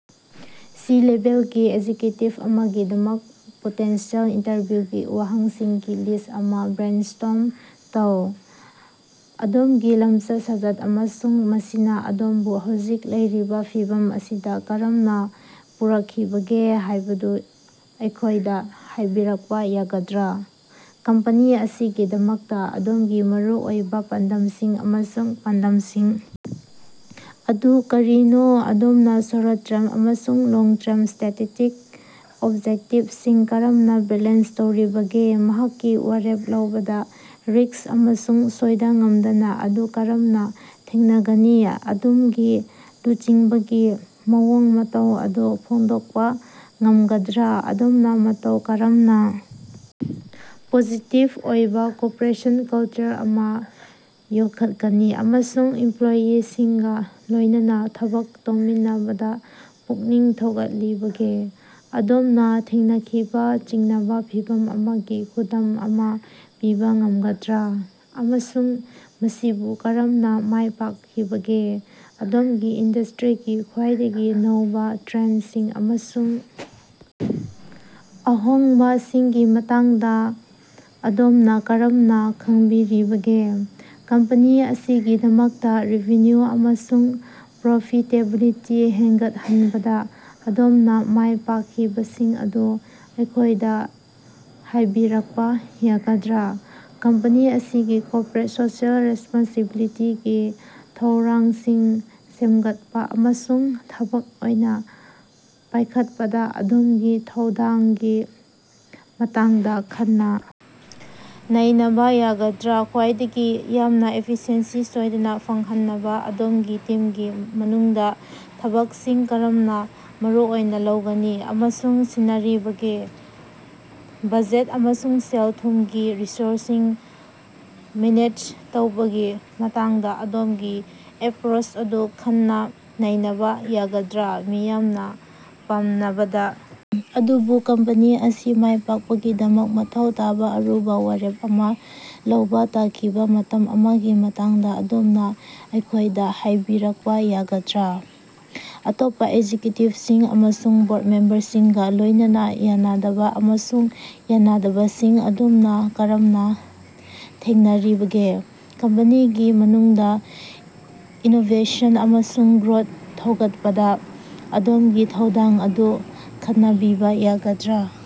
C-level executive ꯑꯃꯒꯤꯗꯃꯛ potential ꯏꯟꯇꯔꯚꯤꯌꯨꯒꯤ ꯋꯥꯍꯪꯁꯤꯡꯒꯤ ꯂꯤꯁ ꯑꯃ ꯕꯔꯦꯟꯁꯇꯣꯔꯝ ꯇꯧ꯫ ꯑꯗꯣꯝꯒꯤ ꯂꯝꯆꯠ ꯁꯥꯖꯠ ꯑꯃꯁꯨꯡ ꯃꯁꯤꯅ ꯑꯗꯣꯝꯕꯨ ꯍꯧꯖꯤꯛ ꯂꯩꯔꯤꯕ ꯐꯤꯚꯝ ꯑꯁꯤꯗ ꯀꯔꯝꯅ ꯄꯨꯔꯛꯈꯤꯕꯒꯦ ꯍꯥꯏꯕꯗꯨ ꯑꯩꯈꯣꯏꯗ ꯍꯥꯏꯕꯤꯔꯛꯄ ꯌꯥꯒꯗ꯭ꯔꯥ꯫ ꯀꯝꯄꯦꯅꯤ ꯑꯁꯤꯒꯤꯗꯃꯛꯇ ꯑꯗꯣꯝꯒꯤ ꯃꯔꯨꯑꯣꯏꯕ ꯄꯥꯟꯗꯝꯁꯤꯡ ꯑꯃꯁꯨꯡ ꯄꯥꯟꯗꯝꯁꯤꯡ ꯑꯗꯨ ꯀꯔꯤꯅꯣ ꯑꯗꯣꯝꯅ ꯁꯣꯔꯠ ꯇꯔꯝ ꯑꯃꯁꯨꯡ ꯂꯣꯡ ꯇꯔꯝ ꯁꯇꯔꯦꯇꯦꯖꯤꯛ ꯑꯣꯕꯖꯦꯛꯇꯤꯕꯁꯤꯡ ꯀꯔꯝꯅ ꯕꯦꯂꯦꯟꯁ ꯇꯧꯔꯤꯕꯒꯦ꯫ ꯅꯍꯥꯛꯀꯤ ꯋꯥꯔꯦꯞ ꯂꯧꯕꯗ ꯔꯤꯁꯛ ꯑꯃꯁꯨꯡ ꯁꯣꯏꯗ ꯉꯥꯝꯗꯕ ꯑꯗꯨ ꯀꯔꯝꯅ ꯊꯦꯡꯅꯒꯅꯤ ꯑꯗꯣꯝꯒꯤ ꯂꯨꯆꯤꯡꯕꯒꯤ ꯃꯑꯣꯡ ꯃꯇꯧ ꯑꯗꯨ ꯐꯣꯡꯗꯣꯛꯄ ꯉꯝꯒꯗ꯭ꯔꯥ ꯑꯗꯣꯝꯅ ꯃꯇꯧ ꯀꯔꯝꯅ ꯄꯣꯖꯤꯇꯤꯞ ꯑꯣꯏꯕ ꯀꯣꯔꯄꯣꯔꯦꯠ ꯀꯜꯆꯔ ꯑꯃ ꯌꯣꯛꯈꯠꯀꯅꯤ ꯑꯃꯁꯨꯡ ꯏꯝꯄꯂꯣꯌꯤꯁꯤꯡꯒ ꯂꯣꯏꯅꯅ ꯊꯕꯛ ꯇꯧꯃꯤꯟꯅꯕꯗ ꯄꯨꯛꯅꯤꯡ ꯊꯧꯒꯠꯂꯤꯕꯒꯦ꯫ ꯑꯗꯣꯝꯅ ꯊꯦꯡꯅꯈꯤꯕ ꯆꯤꯡꯅꯕ ꯐꯤꯚꯝ ꯑꯃꯒꯤ ꯈꯨꯗꯝ ꯑꯃ ꯄꯤꯕ ꯉꯝꯒꯗ꯭ꯔꯥ ꯑꯃꯁꯨꯡ ꯃꯁꯤꯕꯨ ꯀꯔꯝꯅ ꯃꯥꯏ ꯄꯥꯛꯈꯤꯕꯒꯦ꯫ ꯑꯗꯣꯝꯒꯤ ꯏꯟꯗꯁꯇꯔꯤꯒꯤ ꯈ꯭ꯋꯥꯏꯗꯒꯤ ꯅꯧꯕ ꯇꯔꯦꯟꯁꯤꯡ ꯑꯃꯁꯨꯡ ꯑꯍꯣꯡꯕꯁꯤꯡꯒꯤ ꯃꯇꯥꯡꯗ ꯑꯗꯣꯝꯅ ꯀꯔꯝꯅ ꯈꯪꯕꯤꯔꯤꯕꯒꯦ꯫ ꯀꯝꯄꯦꯅꯤ ꯑꯁꯤꯒꯤꯗꯃꯛꯇꯥ ꯔꯦꯚꯤꯟꯌꯨ ꯑꯃꯁꯨꯡ ꯄꯔꯣꯐꯤꯇꯦꯕꯤꯂꯤꯇꯤ ꯍꯦꯟꯒꯠꯍꯟꯕꯗ ꯑꯗꯣꯝꯅ ꯃꯥꯏ ꯄꯥꯛꯈꯤꯕꯁꯤꯡ ꯑꯗꯨ ꯑꯩꯈꯣꯏꯗ ꯍꯥꯏꯕꯤꯔꯛꯄ ꯌꯥꯒꯗ꯭ꯔꯥ꯫ ꯀꯝꯄꯦꯅꯤ ꯑꯁꯤꯒꯤ ꯀꯣꯔꯄꯣꯔꯦꯠ ꯁꯣꯁꯤꯑꯦꯜ ꯔꯦꯁꯄꯣꯟꯁꯤꯕꯤꯂꯤꯇꯤꯒꯤ ꯊꯧꯔꯥꯡꯁꯤꯡ ꯁꯦꯝꯒꯠꯄ ꯑꯃꯁꯨꯡ ꯊꯕꯛ ꯑꯣꯏꯅ ꯄꯥꯏꯈꯠꯄꯗ ꯑꯗꯣꯝꯒꯤ ꯊꯧꯗꯥꯡꯒꯤ ꯃꯇꯥꯡꯗ ꯈꯟꯅ ꯅꯩꯅꯕ ꯌꯥꯒꯗ꯭ꯔꯥ꯫ ꯈ꯭ꯋꯥꯏꯗꯒꯤ ꯌꯥꯝꯅ ꯏꯐꯤꯁꯤꯑꯦꯟꯁꯤ ꯁꯣꯏꯗꯅ ꯐꯪꯍꯟꯅꯕ ꯑꯗꯣꯝꯒꯤ ꯇꯤꯝꯒꯤ ꯃꯅꯨꯡꯗ ꯊꯕꯛꯁꯤꯡ ꯀꯔꯝꯅ ꯃꯔꯨ ꯑꯣꯏꯅ ꯂꯧꯒꯅꯤ ꯑꯃꯁꯨꯡ ꯁꯤꯟꯅꯔꯤꯕꯒꯦ ꯕꯖꯦꯠ ꯑꯃꯁꯨꯡ ꯁꯦꯜ ꯊꯨꯝꯒꯤ ꯔꯤꯁꯣꯔꯁꯁꯤꯡ ꯃꯦꯅꯦꯖ ꯇꯧꯕꯒꯤ ꯃꯇꯥꯡꯗ ꯑꯗꯣꯝꯒꯤ ꯑꯦꯞꯔꯣꯁ ꯑꯗꯨ ꯈꯟꯅ ꯅꯩꯅꯕ ꯌꯥꯒꯗ꯭ꯔꯥ꯫ ꯃꯤꯌꯥꯝꯅ ꯄꯥꯝꯅꯕꯗ ꯑꯗꯨꯕꯨ ꯀꯝꯄꯦꯅꯤ ꯑꯁꯤ ꯃꯥꯏ ꯄꯥꯛꯄꯒꯤꯗꯃꯛ ꯃꯊꯧ ꯇꯥꯕ ꯑꯔꯨꯕ ꯋꯥꯔꯦꯞ ꯑꯃ ꯂꯧꯕ ꯇꯥꯈꯤꯕ ꯃꯇꯝ ꯑꯃꯒꯤ ꯃꯇꯥꯡꯗ ꯑꯗꯣꯝꯅ ꯑꯩꯈꯣꯏꯗ ꯍꯥꯏꯕꯤꯔꯛꯄ ꯌꯥꯒꯗ꯭ꯔꯥ꯫ ꯑꯇꯣꯞꯄꯥ ꯑꯦꯛꯖꯤꯛꯌꯨꯇꯤꯞꯁꯤꯡ ꯑꯃꯁꯨꯡ ꯕꯣꯔꯠ ꯃꯦꯝꯕꯔꯁꯤꯡꯒ ꯂꯣꯏꯅꯅ ꯌꯥꯅꯗꯕ ꯑꯃꯁꯨꯡ ꯌꯥꯅꯗꯕꯁꯤꯡ ꯑꯗꯣꯝꯅ ꯀꯔꯝꯅ ꯊꯦꯡꯅꯔꯤꯕꯒꯦ꯫ ꯀꯝꯄꯦꯅꯤꯒꯤ ꯃꯅꯨꯡꯗꯥ ꯏꯅꯣꯕꯦꯁꯟ ꯑꯃꯁꯨꯡ ꯒ꯭ꯔꯣꯠ ꯊꯧꯒꯠꯄꯗ ꯑꯗꯣꯝꯒꯤ ꯊꯧꯗꯥꯡ ꯑꯗꯨ ꯈꯟꯅꯕꯤꯕ ꯌꯥꯒꯗ꯭ꯔꯥ꯫